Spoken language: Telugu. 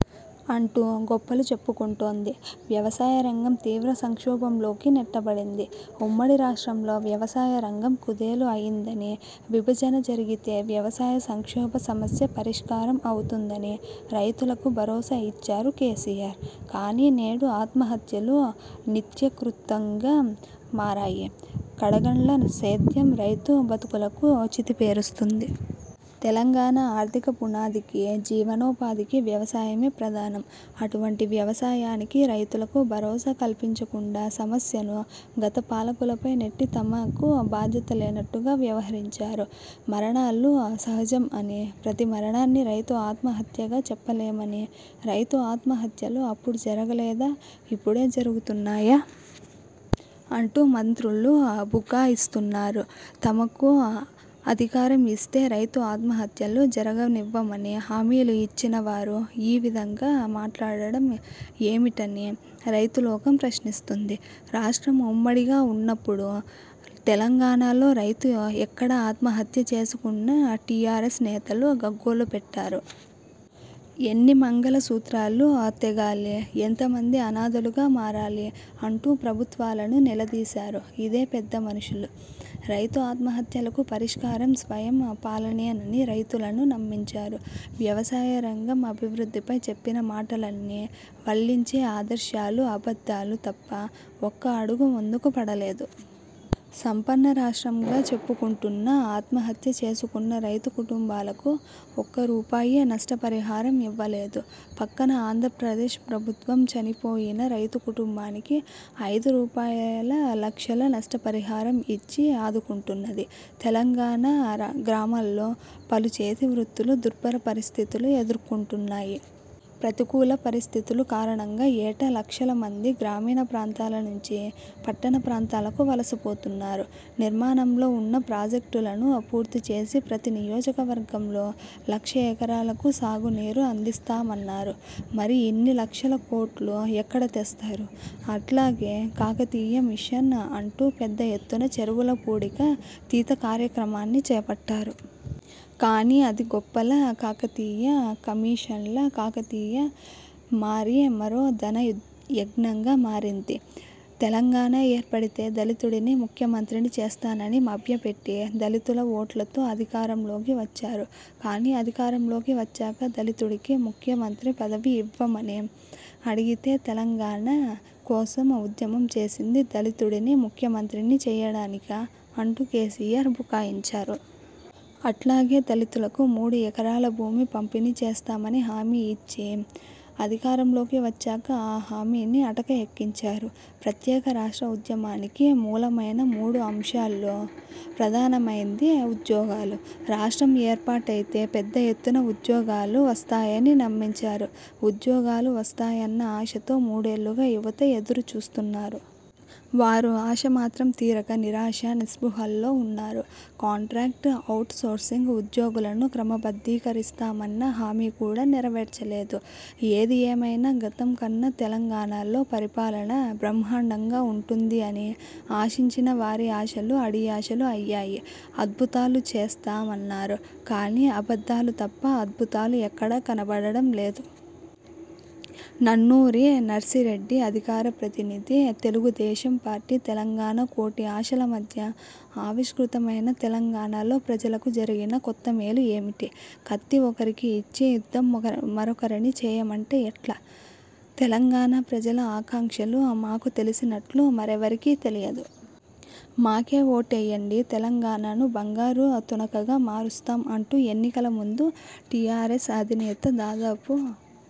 అంటూ గొప్పలు చెప్పుకుంటోంది. వ్యవసాయ రంగం తీవ్ర సంక్షోభంలోకి నెట్టబడింది. ఉమ్మడి రాష్ట్రంలో వ్యవసాయ రంగం కుదేలు అయిందని, విభజన జరిగితే వ్యవసాయ సంక్షోభ సమస్య పరిష్కారం అవుతుందని రైతులకు భరోసా ఇచ్చారు కేసీఆర్. కానీ నేడు ఆత్మహత్యలు నిత్యకృత్తంగా మారాయి. కడగండ్ల సేద్యం రైతు బతుకులకు చితి పేరుస్తుంది. తెలంగాణ ఆర్థిక పునాదికి, జీవనో పాధికి వ్యవసాయమే ప్రధానం. అటువంటి వ్యవసాయానికీ రైతులకూ భరోసా కల్పించకుండా సమస్యను గత పాలకులపై నెట్టి తమకు బాధ్యత లేనట్టుగా వ్యవహరించారు. మరణాలు సహజం అని, ప్రతి మరణాన్ని రైతు ఆత్మహత్యగా చెప్పలేమని, రైతు ఆత్మహత్యలు అప్పుడు జరగలేదా? ఇప్పుడే జరుగుతున్నాయా? అంటూ మంత్రులు బుకా యిస్తున్నారు. తమకు అధికారం ఇస్తే రైతు ఆత్మహత్యలు జరగనివ్వమని హామీలు ఇచ్చిన వారు ఈ విధంగా మాట్లాడటం ఏమిటని రైతు లోకం ప్రశ్నిస్తుంది. రాష్ట్రం ఉమ్మడిగా ఉన్నప్పుడు తెలంగాణ లో రైతు ఎక్కడ ఆత్మహత్య చేసుకున్నా టీఆర్ఎస్ నేతలు గగ్గోలు పెట్టారు. ఎన్ని మంగళ సూత్రాలు తెగాలి? ఎంత మంది అనాథలుగా మారాలి? అంటూ ప్రభుత్వాలను నిలదీశారు ఇదే పెద్ద మనుషులు. రైతు ఆత్మహత్యలకు పరిష్కారం స్వయం పాలనేనని రైతులను నమ్మించారు. వ్యవసాయ రంగం అభివృద్ధి పై చెప్పిన మాటలన్నీ, వల్లించే ఆదర్శాలు అబద్ధాలు తప్ప ఒక్క అడుగు ముందుకు పడలేదు. సంపన్న రాష్ట్రంగా చెప్పుకుంటున్నా ఆత్మహత్య చేసుకున్న రైతు కుంటుంబాలకు ఒక్క రూపాయి నష్ట పరిహారం ఇవ్వలేదు. పక్కన ఆంధ్రప్రదేశ్ ప్రభుత్వం చనిపోయిన రైతు కుంటుంబానికి ఐదు రూపాయల లక్షల నష్ట పరిహారం ఇచ్చి ఆదుకుంటున్నది. తెలంగాణ గ్రామాల్లో పలు చేతి వృత్తులు దుర్భర పరిస్థితులు ఎదుర్కొంటున్నాయి. ప్రతికూల పరిస్థితులు కారణంగా ఏటా లక్షల మంది గ్రామీణ ప్రాంతాల నుంచి పట్టణ ప్రాంతాలకు వలస పోతున్నారు. నిర్మాణంలో ఉన్న ప్రాజెక్టులను పూర్తి చేసి ప్రతి నియోజక వర్గంలో లక్ష ఎకరాలకు సాగు నీరు అందిస్తామన్నారు. మరి ఇన్ని లక్షల కోట్లు ఎక్కడ తెస్తారు? అట్లాగే కాకతీయ మిషన్ అంటు పెద్ద ఎత్తున చెరువుల పూడిక తీత కార్యక్రమాన్ని చేపట్టారు. కానీ అది గొప్పల కాకతీయ, కమిషన్ల కాకతీయ మారి మరో ధన యజ్ఞంగా మారింది. తెలంగాణ ఏర్పడితే దళితుడిని ముఖ్య మంత్రిని చేస్తానని మభ్యపెట్టి దళితుల ఓట్లతో అధికారం లోకి వచ్చారు. కానీ అధికారం లోకి వచ్చాక దళితుడికి ముఖ్య మంత్రి పదవి ఇవ్వమని అడిగితే తెలంగాణ కోసం ఉద్యమం చేసింది దళితుడిని ముఖ్య మంత్రిని చెయ్యడానికా అంటూ కేసీఆర్ బుకాయించారు. అట్లాగే దళితులకు మూడు ఎకరాల భూమి పంపిణీ చేస్తామని హామీ ఇచ్చి అధికారం లోకి వచ్చాక ఆ హామీని అటక ఎక్కించారు. ప్రత్యేక రాష్ట్ర ఉద్యమానికి మూలమైన మూడు అంశాల్లో ప్రధానమైంది ఉద్యోగాలు. రాష్ట్రం ఏర్పాటయితే పెద్ద ఎత్తున ఉద్యోగాలు వస్తాయని నమ్మించారు. ఉద్యోగాలు వస్తాయన్న ఆశతో మూడేళ్లుగా యువత ఎదురు చూస్తున్నారు. వారి ఆశ మాత్రం తీరక నిరాశ, నిస్పృహల్లో ఉన్నారు. కాంట్రాక్ట్, ఔట్ సోర్సింగ్ ఉద్యోగులను క్రమబద్ధీ కరిస్తామన్న హామీ కూడా నెరవేర్చలేదు. ఏది ఏమైనా గతం కన్నా తెలంగాణలో పరిపాలన బ్రహ్మాండంగా ఉంటుంది అని ఆశించిన వారి ఆశలు అడియాశలు అయ్యాయి. అద్భుతాలు చేస్తా మన్నారు కానీ అబద్ధాలు తప్ప అద్భుతాలు ఎక్కడా కనపడటం లేదు. నన్నూరి నర్సిరెడ్డి అధికార ప్రతినిధి, తెలుగు దేశం పార్టీ, తెలంగాణ కోటి ఆశల మధ్య ఆవిష్కృతమైన తెలంగాణ లో ప్రజలకు జరిగిన కొత్త మేలు ఏమిటి? కత్తి ఒకరికి ఇచ్చి యుద్ధం మరొకరిని చేయమంటే ఎట్లా? 'తెలంగాణ ప్రజల ఆకాంక్షలు మాకు తెలిసినట్లు మరెవరికీ తెలియదు. మాకే ఓటెయ్యండి. తెలంగాణ ను బంగారు తునకగా మారుస్తాం' అంటూ ఎన్నికల ముందు టీఆర్ఎస్ అధినేత దాదాపు